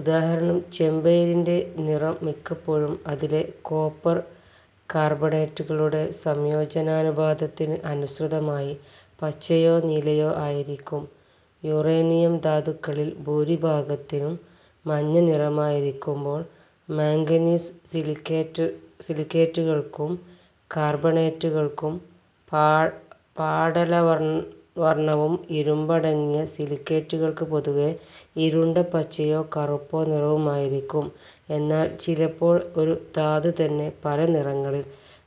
ഉദാ. ചെമ്പയിരിന്റെ നിറം മിക്കപ്പോഴും അതിലെ കോപ്പർ കാർബണേറ്റുകളുടെ സംയോജനാനുപാതത്തിന് അനുസൃതമായി പച്ചയോ നീലയോ ആയിരിക്കും. യുറേനിയം ധാതുക്കളിൽ ഭൂരിഭാഗത്തിനും മഞ്ഞനിറമായിരിക്കുമ്പോൾ മാംഗനീസ് സിലിക്കേറ്റുകൾക്കും കാർബണേറ്റുകൾക്കും പാടലവർണവും ഇരുമ്പടങ്ങിയ സിലിക്കേറ്റുകൾക്ക് പൊതുവേ ഇരുണ്ട പച്ചയോ കറുപ്പോ നിറവുമായിരിക്കും. എന്നാൽ ചിലപ്പോൾ ഒരു ധാതുതന്നെ പല നിറങ്ങളിൽ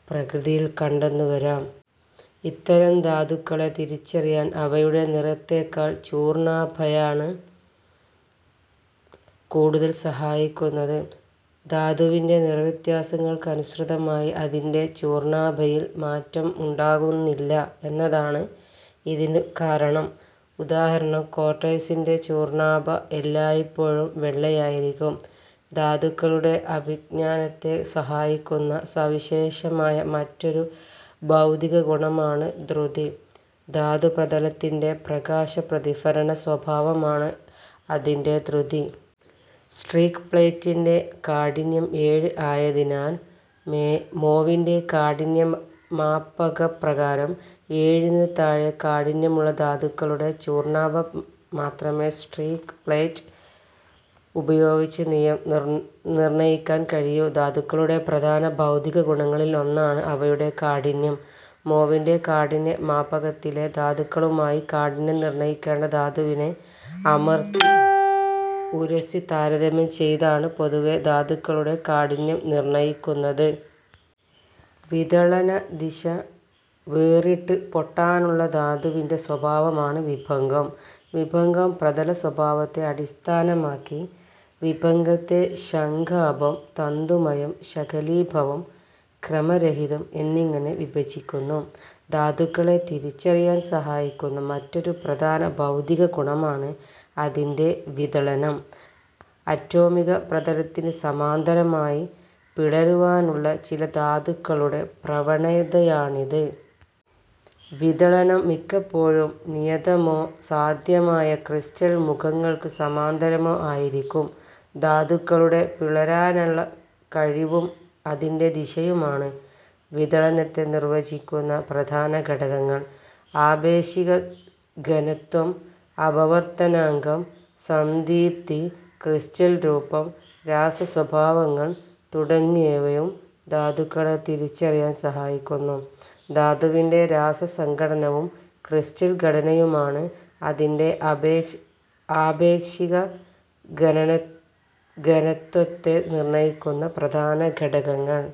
പ്രകൃതിയിൽ കണ്ടെന്നുവരാം. ഇത്തരം ധാതുക്കളെ തിരിച്ചറിയാൻ അവയുടെ നിറത്തെക്കാൾ ചൂർണാഭയാണ് കൂടുതൽ സഹായിക്കുന്നത്. ധാതുവിന്റെ നിറവ്യത്യാസങ്ങൾക്കനുസൃതമായി അതിന്റെ ചൂർണാഭയിൽ മാറ്റം ഉണ്ടാകുന്നില്ല എന്നതാണ് ഇതിനു കാരണം. ഉദാ. ക്വാർട്ട്സിന്റെ ചൂർണാഭ എല്ലായ്പ്പോഴും വെള്ളയായിരിക്കും. ധാതുക്കളുടെ അഭിജ്ഞാനത്തെ സഹായിക്കുന്ന സവിശേഷമായ മറ്റൊരു ഭൌതിക ഗുണമാണ് ദ്യുതി. ധാതുപ്രതലത്തിന്റെ പ്രകാശ പ്രതിഫലന സ്വഭാവമാണ് അതിന്റെ ദ്യുതി. സ്ട്രീക്ക് പ്ലേറ്റിന്റെ കാഠിന്യം ഏഴ് ആയതിനാൽ മോവിന്റെ കാഠിന്യ മാപക പ്രകാരം ഏഴിനു താഴെ കാഠിന്യമുള്ള ധാതുക്കളുടെ ചൂർണാഭ മാത്രമേ സ്ട്രീക്ക് പ്ളേറ്റ് ഉപയോഗിച്ച് നിർണയിക്കാൻ കഴിയൂ. ധാതുക്കളുടെ പ്രധാന ഭൗതിക ഗുണങ്ങളിൽ ഒന്നാണ് അവയുടെ കാഠിന്യം. മോവിന്റെ കാഠിന്യ മാപകത്തിലെ ധാതുക്കളുമായി കാഠിന്യം നിർണയിക്കേണ്ട ധാതുവിനെ അമർത്തി ഉരസി താരതമ്യം ചെയ്താണ് പൊതുവേ ധാതുക്കളുടെ കാഠിന്യം നിർണയിക്കുന്നത്. വിദളനദിശ വേറിട്ട് പൊട്ടാനുള്ള ധാതുവിന്റെ സ്വഭാവമാണ് വിഭംഗം. വിഭംഗ പ്രതല സ്വഭാവത്തെ അടിസ്ഥാനമാക്കി വിഭംഗത്തെ ശംഖാഭം തന്തുമയം, ശകലീഭവം, ക്രമരഹിതം എന്നിങ്ങനെ വിഭജിക്കുന്നു. ധാതുക്കളെ തിരിച്ചറിയാൻ സഹായിക്കുന്ന മറ്റൊരു പ്രധാന ഭൗതിക ഗുണമാണ് അതിന്റെ വിദളനം. അറ്റോമിക പ്രതലത്തിന് സമാന്തരമായി പിളരുവാനുള്ള ചില ധാതുക്കളുടെ പ്രവണതയാണിത്. വിദളനം മിക്കപ്പോഴും നിയതമോ സാധ്യമായ ക്രിസ്റ്റൽ മുഖങ്ങൾക്ക് സമാന്തരമോ ആയിരിക്കും. ധാതുക്കളുടെ പിളരാനുള്ള കഴിവും അതിന്റെ ദിശയുമാണ് വിദളനത്തെ നിർവചിക്കുന്ന പ്രധാന ഘടകങ്ങൾ.. ആപേഷിക ഘനത്വം, അപവർത്തനാങ്കം, സംദീപ്തി, ക്രിസ്റ്റൽ രൂപം, രാസസ്വഭാവങ്ങൾ തുടങ്ങിയവയും ധാതുക്കളെ തിരിച്ചറിയാൻ സഹായിക്കുന്നു. ധാതുവിന്റെ രാസസംഘടനവും ക്രിസ്റ്റൽ ഘടനയുമാണ് അതിന്റെ ആപേക്ഷിക ഘനത്വത്തെ നിർണയിക്കുന്ന പ്രധാന ഘടകങ്ങൾ.